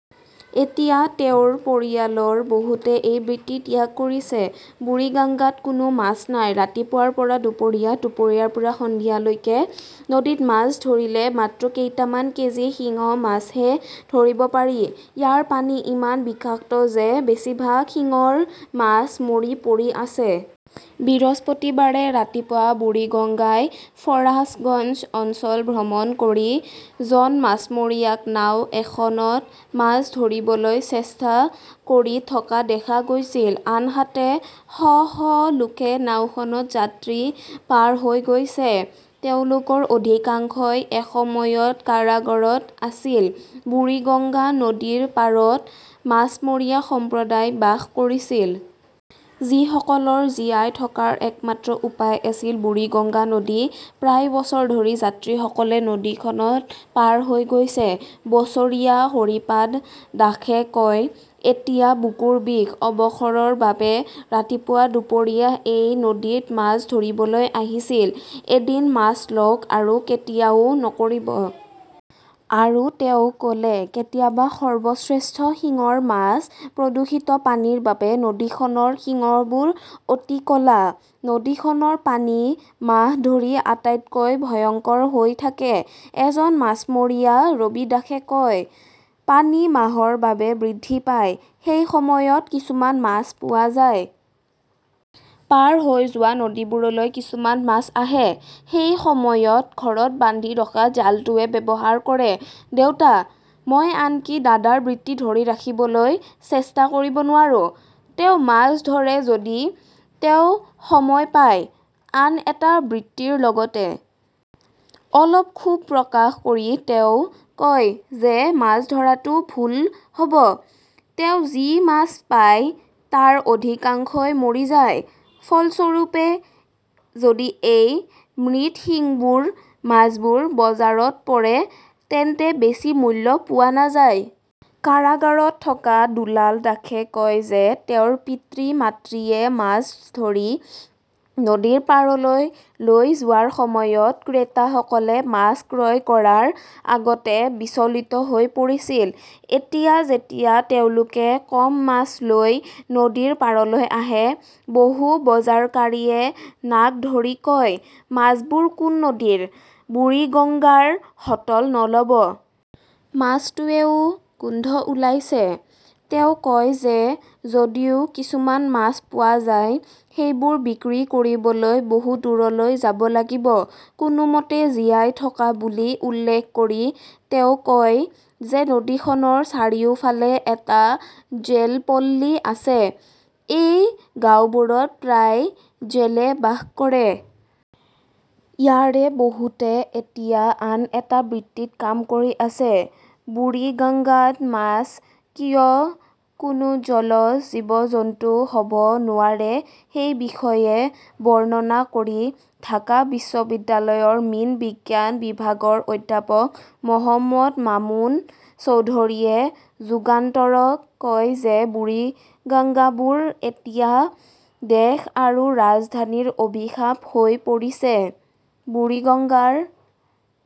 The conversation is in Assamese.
এতিয়া তেওঁৰ পৰিয়ালৰ বহুতে এই বৃত্তি ত্যাগ কৰিছে। বুৰিগাংগাত কোনো মাছ নাই, ৰাতিপুৱাৰ পৰা দুপৰীয়া, দুপৰীয়াৰ পৰা সন্ধিয়ালৈকে নদীত মাছ ধৰিলে মাত্ৰ কেইটামান কেজি সিংহ মাছহে ধৰিব পাৰি। ইয়াৰ পানী ইমান বিষাক্ত যে বেছিভাগ শিংৰ মাছ মৰি পৰি আছে। বৃহস্পতিবাৰে ৰাতিপুৱা বুৰিগংগাই ফাৰাছগঞ্জ অঞ্চল ভ্ৰমণ কৰি জন মাছমৰীয়াক নাও এখনত মাছ ধৰিবলৈ চেষ্টা কৰি থকা দেখা গৈছিল। আনহাতে, শ শ লোকে নাওখনত যাত্ৰী পাৰ হৈ গৈছে। তেওঁলোকৰ অধিকাংশই এসময়ত কাৰাগাৰত আছিল। বুৰিগঙ্গা নদীৰ পাৰত মাছমৰীয়া সম্প্ৰদায় বাস কৰিছিল। যিসকলৰ জীয়াই থকাৰ একমাত্ৰ উপায় আছিল বুৰিগঙ্গা নদী। প্ৰায় বছৰ ধৰি যাত্ৰীসকলে নাওখনত পাৰ হৈ গৈছে, বছৰীয়া হৰিপাদ দাসে কয়। এতিয়া বুকুৰ বিষ। অৱসৰৰ বাবে ৰাতিপুৱা-দুপৰীয়া এই নদীত মাছ ধৰিবলৈ আহিছিল। এদিন মাছ লওক, আৰু কেতিয়াও নকৰিব। আৰু তেওঁ ক "লে," কেতিয়াবা সৰ্বশ্ৰেষ্ঠ শিংৰ মাছ। " প্ৰদূষিত পানীৰ বাবে নদীখনৰ সিংহবোৰ অতি ক 'লা। নদীখনৰ পানী মাহ ধৰি আটাইতকৈ ভয়ংকৰ হৈ থাকে, এজন মাছমৰীয়া ৰবি দাসে কয়। পানী মাহৰ বাবে বৃদ্ধি পায়, সেই সময়ত কিছুমান মাছ পোৱা যায়। পাৰ হৈ যোৱা নদীবোৰলৈ কিছুমান মাছ আহে। সেই সময়ত ঘৰত বান্ধি ৰখা জালটোৱে ব্যৱহাৰ কৰে। দেউতা, মই আনকি দাদাৰ বৃত্তি ধৰি ৰাখিবলৈ চেষ্টা কৰিব নোৱাৰোঁ। তেওঁ মাছ ধৰে যদি তেওঁ সময় পায়, আন এটা বৃত্তিৰ লগতে। অলপ ক্ষোভ প্ৰকাশ কৰি তেওঁ কয় যে মাছ ধৰাটো ভুল হ "ব, তেওঁ যি মাছ পায় তাৰ অধিকাংশই মৰি যায়। ফলস্বৰূপে, যদি এই মৃত শিংবোৰ মাছবোৰ বজাৰত পৰে তেন্তে বেছি মূল্য পোৱা নাযায়। কাৰাগাৰত থকা দুলাল দাসে কয় যে তেওঁৰ পিতৃ-মাতৃয়ে মাছ ধৰি নদীৰ পাৰলৈ লৈ যোৱাৰ সময়ত ক্ৰেতাসকলে মাছ ক্ৰয় কৰাৰ আগতে বিচলিত হৈ পৰিছিল। এতিয়া যেতিয়া তেওঁলোকে কম মাছ লৈ নদীৰ পাৰলৈ আহে, বহু বজাৰকাৰীয়ে নাক ধৰি কয়, 'মাছবোৰ কোন নদীৰ, বুৰিগঙ্গাৰ হলত নল' ব। মাছটোৱেও গোন্ধ উলিয়াইছে। "তেওঁ কয় যে যদিও কিছুমান মাছ পোৱা যায়, সেইবোৰ বিক্ৰী কৰিবলৈ বহু দূৰলৈ যাব লাগিব। কোনোমতে জীয়াই থকা বুলি উল্লেখ কৰি তেওঁ কয় যে নদীখনৰ চাৰিওফালে টা জেলপল্লী আছে। এই গাওঁবোৰত প্ৰায় জেলে বাস কৰে। ইয়াৰে বহুতে এতিয়া আন এটা বৃত্তিত কাম কৰি আছে। বুৰিগাংগাত মাছবোৰ কিয় কোনো জলজ জীৱ-জন্তু হ "ব নোৱাৰে সেই বিষয়ে বৰ্ণনা কৰি ঢাকা বিশ্ববিদ্যালয়ৰ মীন বিজ্ঞান বিভাগৰ অধ্যাপক মহম্মদ মামুন চৌধুৰীয়ে যুগান্তৰক কয় যে বুৰিগংগাবোৰ এতিয়া দেশ আৰু ৰাজধানীৰ অভিশাপ হৈ পৰিছে। বুৰিগঙ্গাৰ